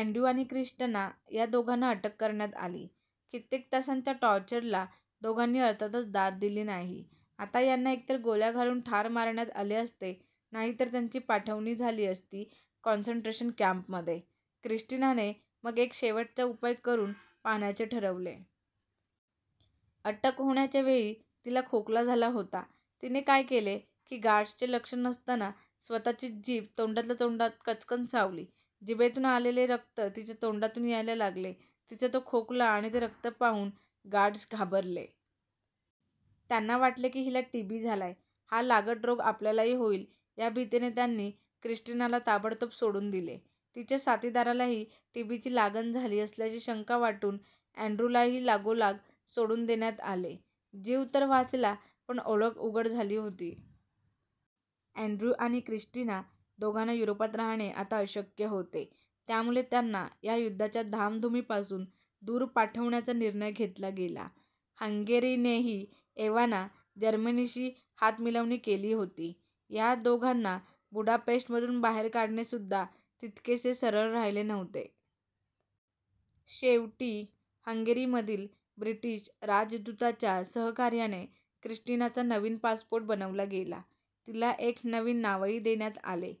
Andrew आणि Christina या दोघांना अटक करण्यात आली. कित्येक तासांच्या टॉर्चरला दोघांनी अर्थातच दाद दिली नाही. आता यांना एकतर गोळ्या घालून ठार मारण्यात आले असते, नाहीतर त्यांची पाठवणी झाली असती कॉन्सन्ट्रेशन कँपमध्ये. क्रिस्टीनाने मग एक शेवटचा उपाय करून पाहण्याचे ठरवले. अटक होण्याच्या वेळी तिला खोकला झाला होता. तिने काय केले की गार्ड्सचे लक्ष नसताना स्वतःचीच जीभ तोंडातल्या तोंडात कच्चकन चावली. जिभेतून आलेले रक्त तिच्या तोंडातून यायला लागले. तिचा तो खोकला आणि ते रक्त पाहून गार्ड्स घाबरले. त्यांना वाटले की हिला टीबी झालाय. हा लागट रोग आपल्यालाही होईल या भीतीने त्यांनी क्रिस्टीनाला ताबडतोब सोडून दिले. तिच्या साथीदारालाही टीबीची लागण झाली असल्याची शंका वाटून अँड्र्यूलाही लगोलाग सोडून देण्यात आले. जीव तर वाचला, पण ओळख उघड झाली होती. अँड्र्यू आणि क्रिस्टीना दोघांना युरोपात राहणे आता अशक्य होते. त्यामुळे त्यांना या युद्धाच्या धामधुमीपासून दूर पाठवण्याचा निर्णय घेतला गेला. हंगेरीनेही एव्हाना जर्मनीशी हातमिळवणी केली होती. या दोघांना बुडापेस्टमधून बाहेर काढणेसुद्धा तितकेसे सरळ राहिले नव्हते. शेवटी हंगेरीमधील ब्रिटिश राजदूताच्या सहकार्याने क्रिस्टीनाचा नवीन पासपोर्ट बनवला गेला. तिला एक नवीन नावही देण्यात आले.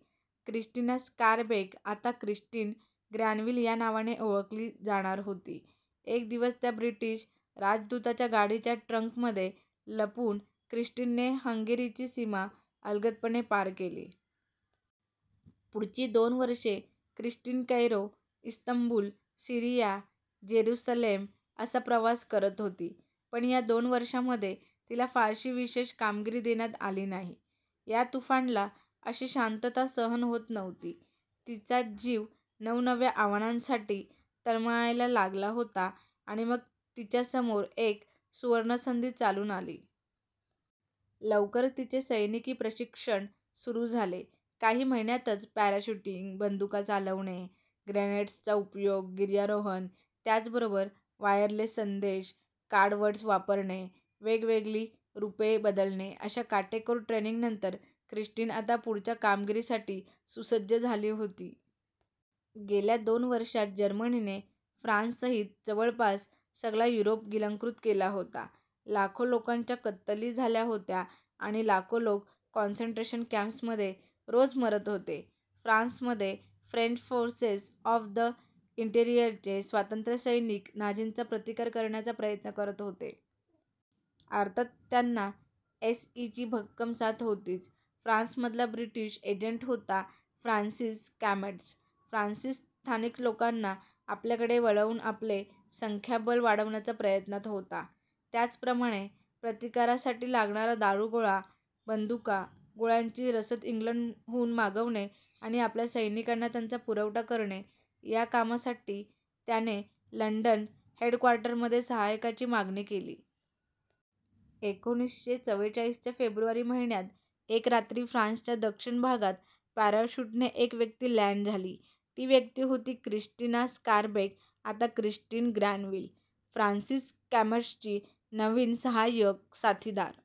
क्रिस्टीना स्कारबेक आता क्रिस्टीन ग्रॅनविल या नावाने ओळखली जाणार होती. एक दिवस त्या ब्रिटिश राजदूताच्या गाडीच्या ट्रंकमध्ये लपून क्रिस्टीनने हंगेरीची सीमा अलगदपणे पार केली. पुढची दोन वर्षे Christine Cairo, Istanbul, Syria, Jerusalem असा प्रवास करत होती. पण या दोन वर्षांमध्ये तिला फारशी विशेष कामगिरी देण्यात आली नाही. या तुफानाला अशी शांतता सहन होत नव्हती. तिचा जीव नवनव्या आव्हानांसाठी तळमळायला लागला होता आणि मग तिच्यासमोर एक सुवर्णसंधी चालून आली. लवकरच तिचे सैनिकी प्रशिक्षण सुरू झाले. काही महिन्यांतच पॅराशूटिंग, बंदुका चालवणे, ग्रेनेड्सचा उपयोग, गिर्यारोहण, त्याचबरोबर वायरलेस संदेश, कोड वर्ड्स वापरणे, वेगवेगळी रूपे बदलणे अशा काटेकोर ट्रेनिंगनंतर क्रिस्टीन आता पुढच्या कामगिरीसाठी सुसज्ज झाली होती. गेल्या दोन वर्षांत जर्मनीने फ्रान्ससहित जवळपास सगळा युरोप गिळंकृत केला होता. लाखो लोकांच्या कत्तली झाल्या होत्या आणि लाखो लोक कॉन्सन्ट्रेशन कँप्समध्ये रोज मरत होते. फ्रान्समध्ये फ्रेंच फोर्सेस ऑफ द इंटीरियरचे स्वातंत्र्यसैनिक नाझींचा प्रतिकार करण्याचा प्रयत्न करत होते. अर्थात त्यांना एस.ई.ची भक्कम साथ होतीच. फ्रान्समधला ब्रिटिश एजंट होता फ्रान्सिस कॅमट्स. फ्रान्सिस, स्थानिक लोकांना आपल्याकडे वळवून आपले संख्याबळ वाढवण्याच्या प्रयत्नात होता. त्याचप्रमाणे प्रतिकारासाठी लागणारा दारूगोळा, बंदुका, गोळ्यांची रसद इंग्लंडहून मागवणे आणि आपल्या सैनिकांना त्याचा पुरवठा करणे या कामांसाठी त्याने लंडन हेडक्वॉर्टरकडे साहाय्यकाची मागणी केली. एकोणीसशे चव्वेचाळीसच्या फेब्रुवारी महिन्यात एका रात्री फ्रान्सच्या दक्षिण भागात पॅराशूटने एक व्यक्ती लँड झाली. ती व्यक्ती होती क्रिस्टीना स्कारबेक आता क्रिस्टीन ग्रॅनविल! फ्रान्सिस कॅमट्सची नवीन साहाय्यक, साथीदार